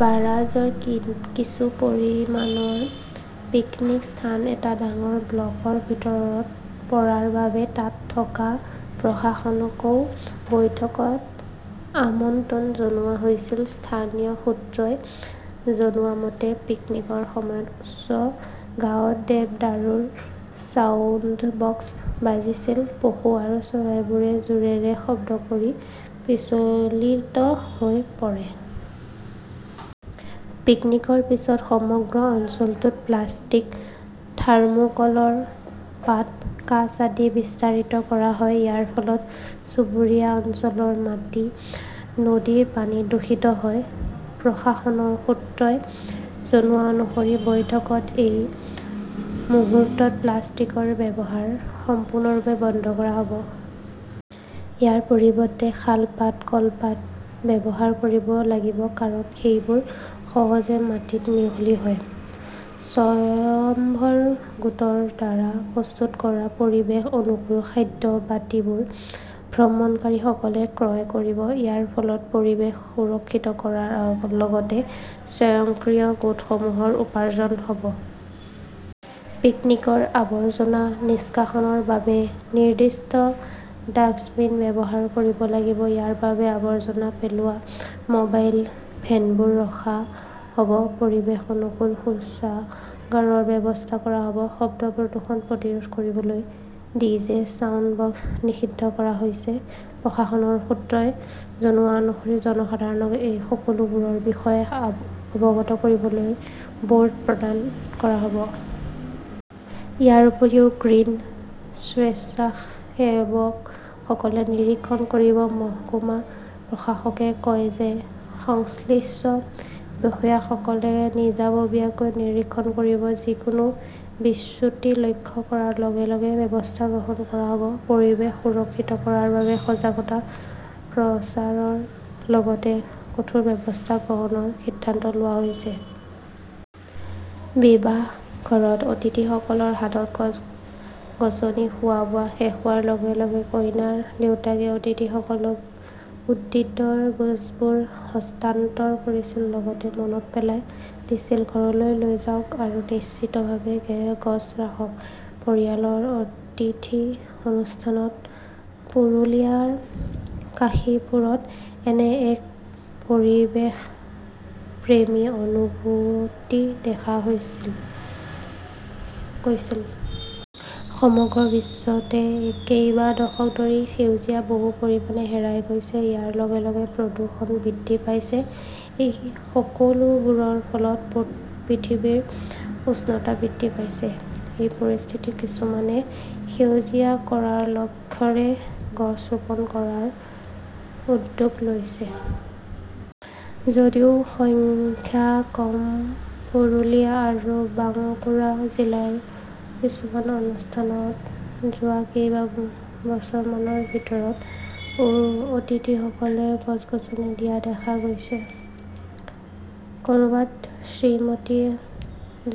বাৰাজৰ কিছু পৰিমাণৰ পিকনিক স্থান এটা ডাঙৰ ব্লকৰ ভিতৰত পৰাৰ বাবে তাত থকা প্ৰশাসনকও বৈঠকত আমন্ত্ৰণ জনোৱা হৈছিল। স্থানীয় সূত্ৰই জনোৱা মতে, পিকনিকৰ সময়ত উচ্চ গাঁৱত দেৱদাৰুৰ ছাউণ্ডবক্স বাজিছিল। পশু আৰু চৰাইবোৰো জোৰেৰে শব্দ কৰি বিচলিত হৈ পৰে। পিকনিকৰ পিছত সমগ্ৰ অঞ্চলটোত প্লাষ্টিক, থাৰ্মোকলৰ পাত, কাঁচ আদি বিস্তাৰিত কৰা হয়। ইয়াৰ ফলত চুবুৰীয়া অঞ্চলৰ মাটি, নদীৰ পানী দূষিত হয়। প্ৰশাসনৰ সূত্ৰই জনোৱা অনুসৰি বৈঠকত এই মুহূৰ্তত প্লাষ্টিকৰ ব্যৱহাৰ সম্পূৰ্ণৰূপে বন্ধ কৰা হ'ব। ইয়াৰ পৰিৱৰ্তে শালপাত, কলপাত ব্যৱহাৰ কৰিব লাগিব। কাৰণ, সেইবোৰ সহজে মাটিত মিহলি হয়। স্বয়ম্ভৰ গোটৰ দ্বাৰা প্ৰস্তুত কৰা পৰিৱেশ-অনুকূল খাদ্য বাটিবোৰ ভ্ৰমণকাৰীসকলে ক্ৰয় কৰিব। ইয়াৰ ফলত পৰিৱেশ সুৰক্ষিত কৰাৰ লগতে স্বয়ংক্ৰিয় গোটসমূহৰ উপাৰ্জন হ'ব। পিকনিকৰ আৱৰ্জনা নিষ্কাশনৰ বাবে নিৰ্দিষ্ট ডাস্টবিন ব্যৱহাৰ কৰিব লাগিব। ইয়াৰ বাবে আৱৰ্জনা পেলোৱা মোবাইল ভেনবোৰ ৰখা হ'ব। পৰিৱেশ অনুকূল শৌচাগাৰৰ ব্যৱস্থা কৰা হ'ব। শব্দ প্ৰদূষণ প্ৰতিৰোধ কৰিবলৈ ডিজে ছাউণ্ডবক্স নিষিদ্ধ কৰা হৈছে। প্ৰশাসনৰ সূত্ৰই জনোৱা অনুসৰি জনসাধাৰণক এই সকলোবোৰৰ বিষয়ে অৱগত কৰিবলৈ বোৰ্ড প্ৰদান কৰা হ'ব। ইয়াৰ উপৰিও 'গ্ৰীণ স্বেচ্ছাসেৱকসকলে নিৰীক্ষণ কৰিব। মহকুমা প্ৰশাসকে কয় যে সংশ্লিষ্ট বিষয়াসকলে নিজাববীয়াকৈ নিৰীক্ষণ কৰিব। যিকোনো বিচ্যুতি লক্ষ্য কৰাৰ লগে লগে ব্যৱস্থা গ্ৰহণ কৰা হ'ব। 'পৰিৱেশ সুৰক্ষিত কৰাৰ বাবে সজাগতা প্ৰচাৰৰ লগতে কঠোৰ ব্যৱস্থা গ্ৰহণৰ সিদ্ধান্ত লোৱা হৈছে।'। বিবাহঘৰত অতিথিসকলৰ হাতত গছ-গছনি খোৱা-বোৱা শেষ হোৱাৰ লগে লগে কইনাৰ দেউতাকে অতিথিসকলক উদ্ভিদৰ গছবোৰ হস্তান্তৰ কৰিছিল। লগতে মনত পেলাই দিছিল-'ঘৰলৈ লৈ যাওক আৰু নিশ্চিতভাৱে গছ ৰাখক। 'পৰিয়ালৰ অতিথি অনুষ্ঠানত পুৰুলিয়াৰ কাশীপুৰত এনে এক পৰিৱেশপ্ৰেমী অনুভূতি দেখা গৈছিল। সমগ্ৰ বিশ্বতে কেইবা দশক ধৰি সেউজীয়া বহু পৰিমাণে হেৰাই গৈছে। ইয়াৰ লগে লগে প্ৰদূষণ বৃদ্ধি পাইছে। এই সকলোবোৰৰ ফলত পৃথিৱীৰ উষ্ণতা বৃদ্ধি পাইছে। এই পৰিস্থিতিত, কিছুমানে সেউজীয়া কৰাৰ লক্ষ্যৰে গছ ৰোপণ কৰাৰ উদ্যোগ লৈছে। যদিও সংখ্যা কম, পুৰুলিয়া আৰু বাংকুৰা জিলাৰ কিছুমান অনুষ্ঠানত যোৱা কেইবছৰমানৰ ভিতৰত অতিথিসকলে গছ-গছনি দিয়া দেখা গৈছে। কৰবাত, শ্ৰীমতীয়ে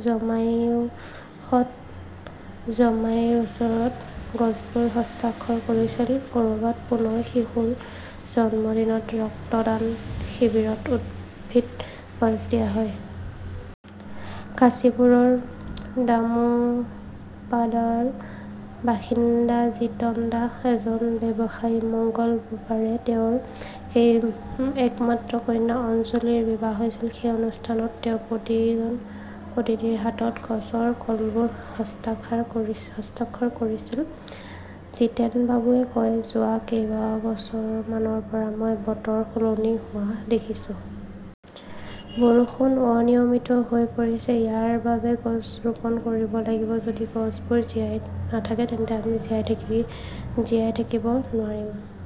জামাইশত জামাইৰ ওচৰত গছবোৰ হস্তান্তৰ কৰিছিল। কৰবাত, পুনৰ শিশুৰ জন্মদিনত, ৰক্তদান শিবিৰত উদ্ভিদ গছ দিয়া হয়। কাশীপুৰৰ নামোপাদাৰ বাসিন্দা জিতন দাস এজন ব্যৱসায়ী। মঙলবাৰে তেওঁৰ একমাত্ৰ কন্যা অঞ্জলীৰ বিবাহ হৈছিল। সেই অনুষ্ঠানত তেওঁ প্ৰতিজন অতিথিৰ হাতত গছৰ কলবোৰ হস্তান্তৰ কৰিছিল। জিতেনবাবুৱে কয়, 'যোৱা কেইবছৰমানৰ পৰা মই বতৰ সলনি হোৱা দেখিছোঁ। বৰষুণ অনিয়মিত হৈ পৰিছে। ইয়াৰ বাবে গছ ৰোপণ কৰিব লাগিব। যদি গছবোৰ জীয়াই নাথাকে তেন্তে আমি জীয়াই থাকিব নোৱাৰিম।